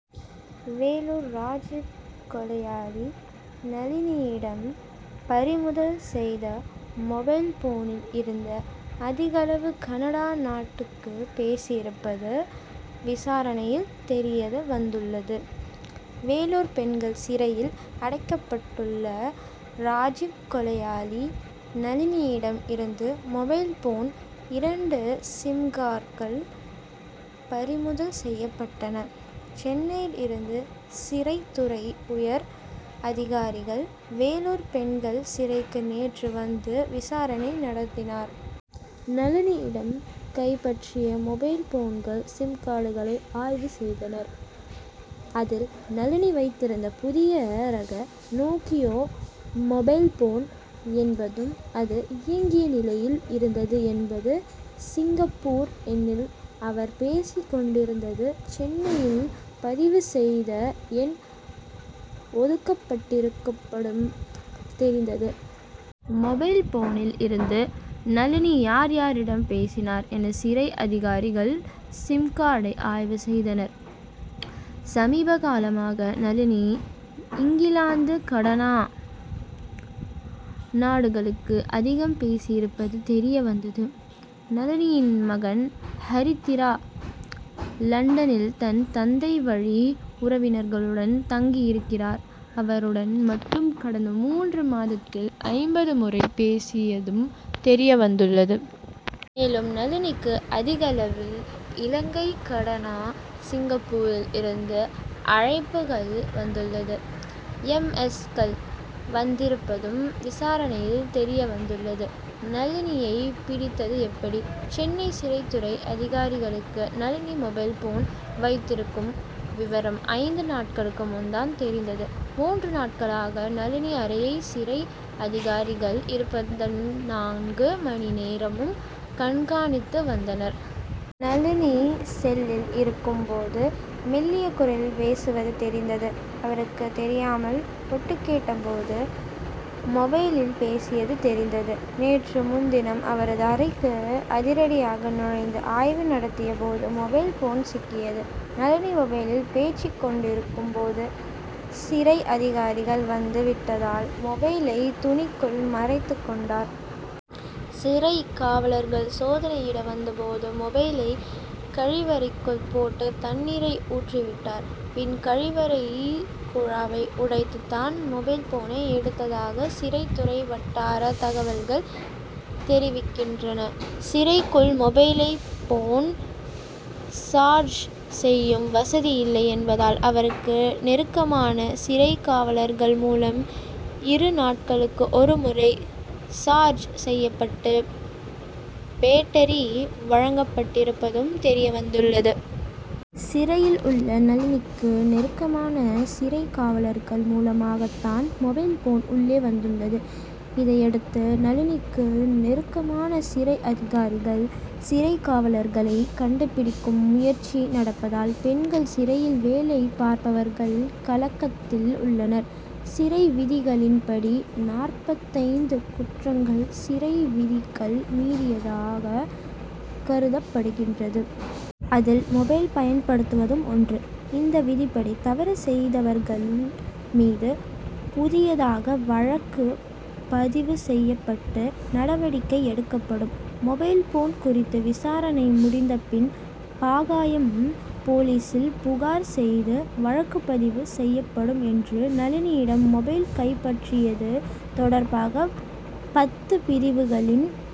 வேலூர் ராஜிவ் கொலையாளி நளினியிடம் பறிமுதல் செய்த மொபைல் போனில் இருந்து அதிகளவு கனடா நாட்டுக்கு பேசியிருப்பது விசாரணையில் தெரிய வந்துள்ளது. வேலூர் பெண்கள் சிறையில் அடைக்கப்பட்டுள்ள ராஜிவ் கொலையாளி நளினியிடம் இருந்து மொபைல் போன் இரண்டு சிம்கார்டுகள் பறிமுதல் செய்யப்பட்டன. சென்னையில் இருந்து சிறைத்துறை உயர் அதிகாரிகள் வேலூர் பெண்கள் சிறைக்கு நேற்று வந்து விசாரணை நடத்தினர். நளினியிடம் கைப்பற்றிய மொபைல் போன்கள் சிம் கார்டுகளை ஆய்வு செய்தனர். அதில் நளினி வைத்திருந்தது புதிய ரக நோக்கியோ மொபைல் போன் என்பதும் அது இயங்கிய நிலையில் இருந்தது என்றும் சிங்கப்பூர் எண்ணில் அவர் பேசிக் கொண்டிருந்ததும் சென்னையில் பதிவு செய்த எண் ஒதுக்கப்பட்டிருப்பதும் தெரிந்தது. மொபைல் போனில் இருந்து நளினி யார் யாரிடம் பேசினார் என சிறை அதிகாரிகள் சிம்கார்டை ஆய்வு செய்தனர். சமீபகாலமாக நளினி இங்கிலாந்து கனடா நாடுகளுக்கு அதிகம் பேசியிருப்பது தெரிய வந்தது. நளினியின் மகள் ஹரித்திரா லண்டனில் தன் தந்தைவழி உறவினர்களுடன் தங்கி இருக்கிறார். அவருடன் மட்டும் கடந்த மூன்று மாதத்தில் ஐம்பது முறை பேசியதும் தெரிய வந்துள்ளது. மேலும் நளினிக்கு அதிகளவில் இலங்கை கனடா சிங்கப்பூரில் இருந்து அழைப்புகள் வந்துள்ளது. எம். எஸ்.கள் வந்திருப்பதும் விசாரணையில் தெரிய வந்துள்ளது. நளினியை பிடித்தது எப்படி? சென்னை சிறைத்துறை அதிகாரிகளுக்கு நளினி மொபைல் போன் வைத்திருக்கும் விவரம் ஐந்து நாட்களுக்கு முன் தான் தெரிந்தது. மூன்று நாட்களாக நளினி அறையை சிறை அதிகாரிகள் இருபத்திநான்கு மணி நேரமும் கண்காணித்து வந்தனர். நளினி செல்லில் இருக்கும் போது மெல்லிய குரலில் பேசுவது தெரிந்ததும் அவருக்கு தெரியாமல் ஒட்டுக்கேட்ட போது மொபைலில் பேசியது தெரிந்தது. நேற்று முன்தினம் அவரது அறைக்கு அதிரடியாக நுழைந்து ஆய்வு நடத்திய போது மொபைல் போன் சிக்கியது. நளினி மொபைலில் பேசிக் கொண்டிருக்கும் போது சிறை அதிகாரிகள் வந்து விட்டதால் மொபைலை துணிக்குள் மறைத்துக் கொண்டார். சிறைக் காவலர்கள் சோதனையிட வந்த போது மொபைலை கழிவறைக்குள் போட்டு தண்ணீர் ஊற்றி விட்டார். பின் கழிவறை குழாயை உடைத்து தான் மொபைல் போனை எடுத்ததாக சிறைத்துறை வட்டார தகவல்கள் தெரிவிக்கின்றன. சிறைக்குள் மொபைல் போன் சார்ஜ் செய்யும் வசதி இல்லை என்பதால் அவருக்கு நெருக்கமான சிறைக்காவலர்கள் மூலம் இரு நாட்களுக்கு ஒரு முறை சார்ஜ் செய்யப்பட்ட பேட்டரி வழங்கப்பட்டிருப்பதும் தெரிய வந்துள்ளது. சிறையில் உள்ள நளினிக்கு நெருக்கமான சிறைக் காவலர்கள் மூலமாகத்தான் மொபைல் போன் உள்ளே வந்துள்ளது. இதையடுத்து நளினிக்கு நெருக்கமான சிறை அதிகாரிகள் சிறைக் காவலர்களை கண்டுபிடிக்கும் முயற்சி நடப்பதால் பெண்கள் சிறையில் வேலை பார்ப்பவர்கள் கலக்கத்தில் உள்ளனர். சிறை விதிகளின்படி நாற்பத்தைந்து குற்றங்கள் சிறை விதிகள் மீறியதாக கருதப்படுகின்றது. அதில் மொபைல் பயன்படுத்துவதும் ஒன்று. இந்த விதிபடி தவறு செய்தவர்கள் மீது புதியதாக வழக்கு பதிவு செய்யப்பட்டு நடவடிக்கை எடுக்கப்படும். மொபைல் போன் குறித்து விசாரணை முடிந்த பின் பாகாயம் போலீசில் புகார் செய்து வழக்கு பதிவு செய்யப்படும் என்றும் நளினியிடம் மொபைல் கைப்பற்றியது தொடர்பாக பத்து பிரிவுகளின்